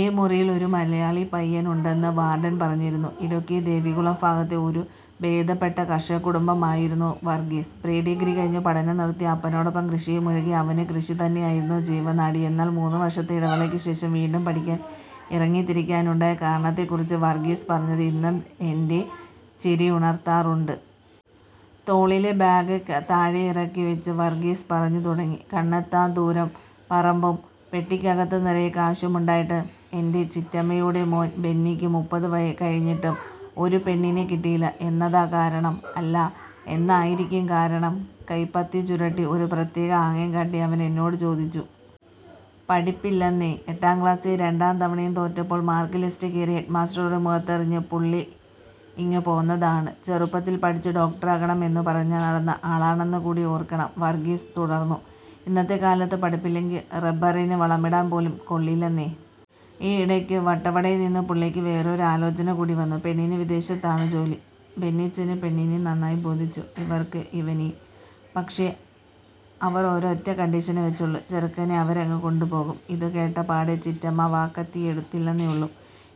"ഈ മുറിയിൽ ഒരു മലയാളി പയ്യൻ ഉണ്ടെന്ന് വാർഡൻ പറഞ്ഞിരുന്നു. " ഇടുക്കി ദേവികുളം ഭാഗത്തെ ഒരു ഭേദപ്പെട്ട കർഷക കുടുംബാംഗമായിരുന്നു വർഗീസ്. പ്രീഡിഗ്രി കഴിഞ്ഞ് പഠനം നിർത്തി അപ്പനോടൊപ്പം കൃഷിയിൽ മുഴുകിയ അവന് കൃഷി തന്നെയായിരുന്നു ജീവനാഡി. എന്നാൽ മൂന്നു വർഷത്തെ ഇടവേളയ്ക്ക് ശേഷം വീണ്ടും പഠിക്കാൻ ഇറങ്ങിത്തിരിക്കാനുണ്ടായ കാരണത്തെക്കുറിച്ച് വർഗീസ് പറഞ്ഞത് ഇന്നും എന്റെ ചിരിയുണർത്താറുണ്ട്. തോളിലെ ബാഗ് താഴെയിറക്കി വെച്ച് വർഗീസ് പറഞ്ഞു തുടങ്ങി: "കണ്ണെത്താദൂരം പറമ്പും പെട്ടിക്കകത്ത് നിറയെ കാശുമുണ്ടായിട്ടും എന്റെ ചിറ്റമ്മയുടെ മോൻ ബെന്നിക്ക് മുപ്പത് കഴിഞ്ഞിട്ടും ഒരു പെണ്ണിനെ കിട്ടിയില്ല. എന്നതാ കാരണം.. അല്ല എന്നായിരിക്കും കാരണം.? " കൈപ്പത്തി ചുരുട്ടി ഒരു പ്രത്യേക ആംഗ്യം കാട്ടി അവൻ എന്നോട് ചോദിച്ചു. "പഠിപ്പില്ലെന്നേ... എട്ടാം ക്ലാസ്സിൽ രണ്ടാം തവണയും തോറ്റപ്പോൾ മാർക്ക് ലിസ്റ്റ് കീറി ഹെഡ്മാസ്റ്ററുടെ മുഖത്തെറിഞ്ഞ് പുള്ളി ഇങ്ങു പോന്നതാണ്. ചെറുപ്പത്തിൽ പഠിച്ച് ഡോക്ടറാകണം എന്ന് പറഞ്ഞു നടന്ന ആളാണെന്ന് കൂടി ഓർക്കണം! " വർഗീസ് തുടർന്നു: "ഇന്നത്തെ കാലത്ത് പഠിപ്പില്ലെങ്കിൽ റബ്ബറിന് വളമിടാൻ പോലും കൊള്ളില്ലെന്നേ. ഈയിടയ്ക്ക് വട്ടവടയിൽ നിന്ന് പുള്ളിക്ക് വേറൊരു ആലോചന കൂടി വന്നു. പെണ്ണിന് വിദേശത്താണ് ജോലി. ബെന്നിച്ചന് പെണ്ണിനെ നന്നായി ബോധിച്ചു, അവർക്ക് ഇവനെയും. പക്ഷേ അവർ ഒരൊറ്റ കണ്ടീഷനേ വെച്ചുള്ളൂ ചെറുക്കനെ അവരങ്ങ് കൊണ്ടുപോകും! ഇതുകേട്ട പാടെ ചിറ്റമ്മ വാക്കത്തി എടുത്തില്ലെന്നേയുള്ളൂ.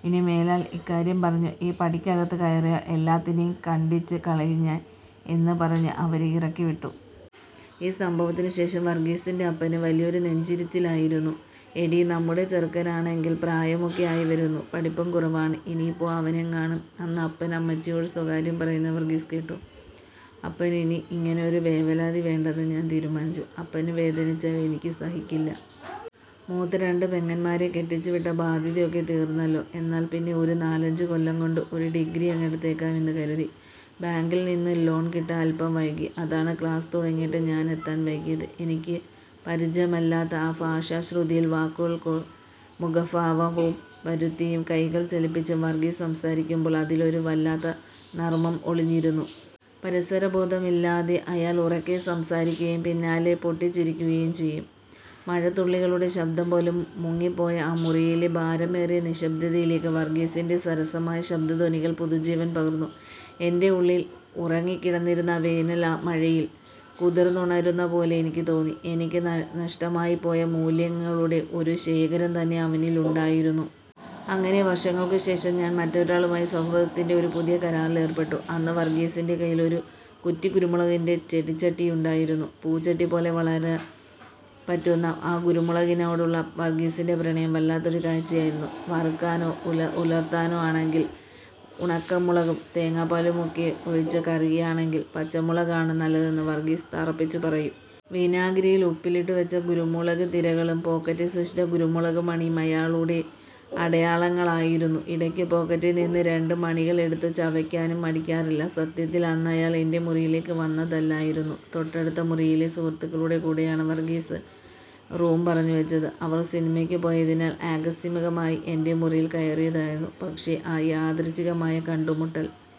'ഇനിമേലാൽ ഇക്കാര്യം പറഞ്ഞു ഈ പടിക്കകത്ത് കയറിയാൽ എല്ലാത്തിനെയും കണ്ഡിച്ച് കളയും ഞാൻ' എന്ന് പറഞ്ഞു അവരെ ഇറക്കിവിട്ടു. " ഈ സംഭവത്തിന് ശേഷം വർഗീസിന്റെ അപ്പന് വലിയൊരു നെഞ്ചിരിച്ചിലായിരുന്നത്രേ. "എടീ, നമ്മുടെ ചെറുക്കനാണെങ്കിൽ പ്രായമൊക്കെ ആയിവരുന്നു, പഠിപ്പും കുറവാണ്. ഇനിയിപ്പോ അവനെങ്ങാനും... " എന്ന് അപ്പൻ അമ്മച്ചിയോട് സ്വകാര്യം പറയുന്നത് വർഗീസ് കേട്ടു. "അപ്പന് ഇനി അങ്ങനെയൊരു വേവലാതി വേണ്ടെന്ന് ഞാൻ തീരുമാനിച്ചു. അപ്പന് വേദനിച്ചാൽ എനിക്ക് സഹിക്കില്ല. മൂത്ത രണ്ട് പെങ്ങന്മാരെ കെട്ടിച്ചുവിട്ട ബാധ്യതയൊക്കെ തീർന്നല്ലോ. എന്നാൽപ്പിന്നെ ഒരു നാലഞ്ചു കൊല്ലം കൊണ്ട് ഒരു ഡിഗ്രി അങ്ങ് എടുത്തേക്കാം എന്ന് കരുതി. ബാങ്കിൽ നിന്ന് ലോൺ കിട്ടാൻ അല്പം വൈകി, അതാണ് ക്ലാസ് തുടങ്ങിയിട്ടും ഞാൻ എത്താൻ വൈകിയത്. " എനിക്ക് പരിചിതമല്ലാത്ത ആ ഭാഷാശ്രുതിയിൽ, വാക്കുകൾക്ക് മുഖഭാവം വരുത്തിയും കൈകൾ ചലിപ്പിച്ചും വർഗീസ് സംസാരിക്കുമ്പോൾ അതിലൊരു വല്ലാത്ത നർമ്മം ഒളിഞ്ഞിരുന്നു. പരിസരബോധമില്ലാതെ അയാൾ ഉറക്കെ സംസാരിക്കുകയും പിന്നാലെ പൊട്ടിച്ചിരിക്കുകയും ചെയ്യും. മഴത്തുള്ളികളുടെ ശബ്ദം പോലും മുങ്ങിപ്പോയ ആ മുറിയിലെ ഭാരമേറിയ നിശ്ശബ്ദതയിലേക്ക് വർഗീസിന്റെ സരസമായ ശബ്ദധ്വനികൾ പുതുജീവൻ പകർന്നു. എന്റെ ഉള്ളിൽ ഉറങ്ങിക്കിടന്നിരുന്ന വേനൽ ആ മഴയിൽ കുതിർന്നുണരുന്നതുപോലെ എനിക്ക് തോന്നി. എനിക്ക് നഷ്ടമായിപ്പോയ മൂല്യങ്ങളുടെ ഒരു ശേഖരം തന്നെ അവനിലുണ്ടായിരുന്നു. അങ്ങനെ വർഷങ്ങൾക്ക് ശേഷം, ഞാൻ മറ്റൊരാളുമായി സൗഹൃദത്തിന്റെ ഒരു പുതിയ കരാറിലേർപ്പെട്ടു. അന്ന് വർഗീസിന്റെ കയ്യിൽ ഒരു കുറ്റിക്കുരുമുളകിന്റെ ചെടിച്ചട്ടിയുണ്ടായിരുന്നു. പൂച്ചെട്ടിപോലെ വളർത്താൻ പറ്റുന്ന ആ കുരുമുളകിനോടുള്ള വർഗീസിന്റെ പ്രണയം വല്ലാത്തൊരു കാഴ്ചയായിരുന്നു. വറുക്കാനോ ഉലർത്താനോ ആണെങ്കിൽ ഉണക്കമുളകും, തേങ്ങാപ്പാലുമൊക്കെ ഒഴിച്ച് കറിയാണെങ്കിൽ പച്ചമുളകാണ് നല്ലതെന്ന് വർഗീസ് തറപ്പിച്ചു പറയും. വിനാഗിരിയിൽ ഉപ്പിലിട്ടുവെച്ച കുരുമുളക് തിരികളും പോക്കറ്റിൽ സൂക്ഷിച്ച കുരുമുളക് മണികളും അയാളുടെ അടയാളങ്ങളായിരുന്നു. ഇടയ്ക്ക് പോക്കറ്റിൽ നിന്ന് രണ്ട് മണികൾ എടുത്ത് ചവയ്ക്കാനും മടിക്കാറില്ല. സത്യത്തിൽ അന്ന് അയാൾ എന്റെ മുറിയിലേക്ക് വന്നതല്ലായിരുന്നു. തൊട്ടടുത്ത മുറിയിലെ സുഹൃത്തുക്കളുടെ കൂടെയാണ് വർഗ്ഗീസിന് റൂം പറഞ്ഞ് വെച്ചത്. അവർ സിനിമയ്ക്ക് പോയതിനാൽ ആകസ്മികമായി എന്റെ മുറിയിൽ കയറിയതായിരുന്നു. പക്ഷേ ആ യാദൃച്ഛികമായ കണ്ടുമുട്ടൽ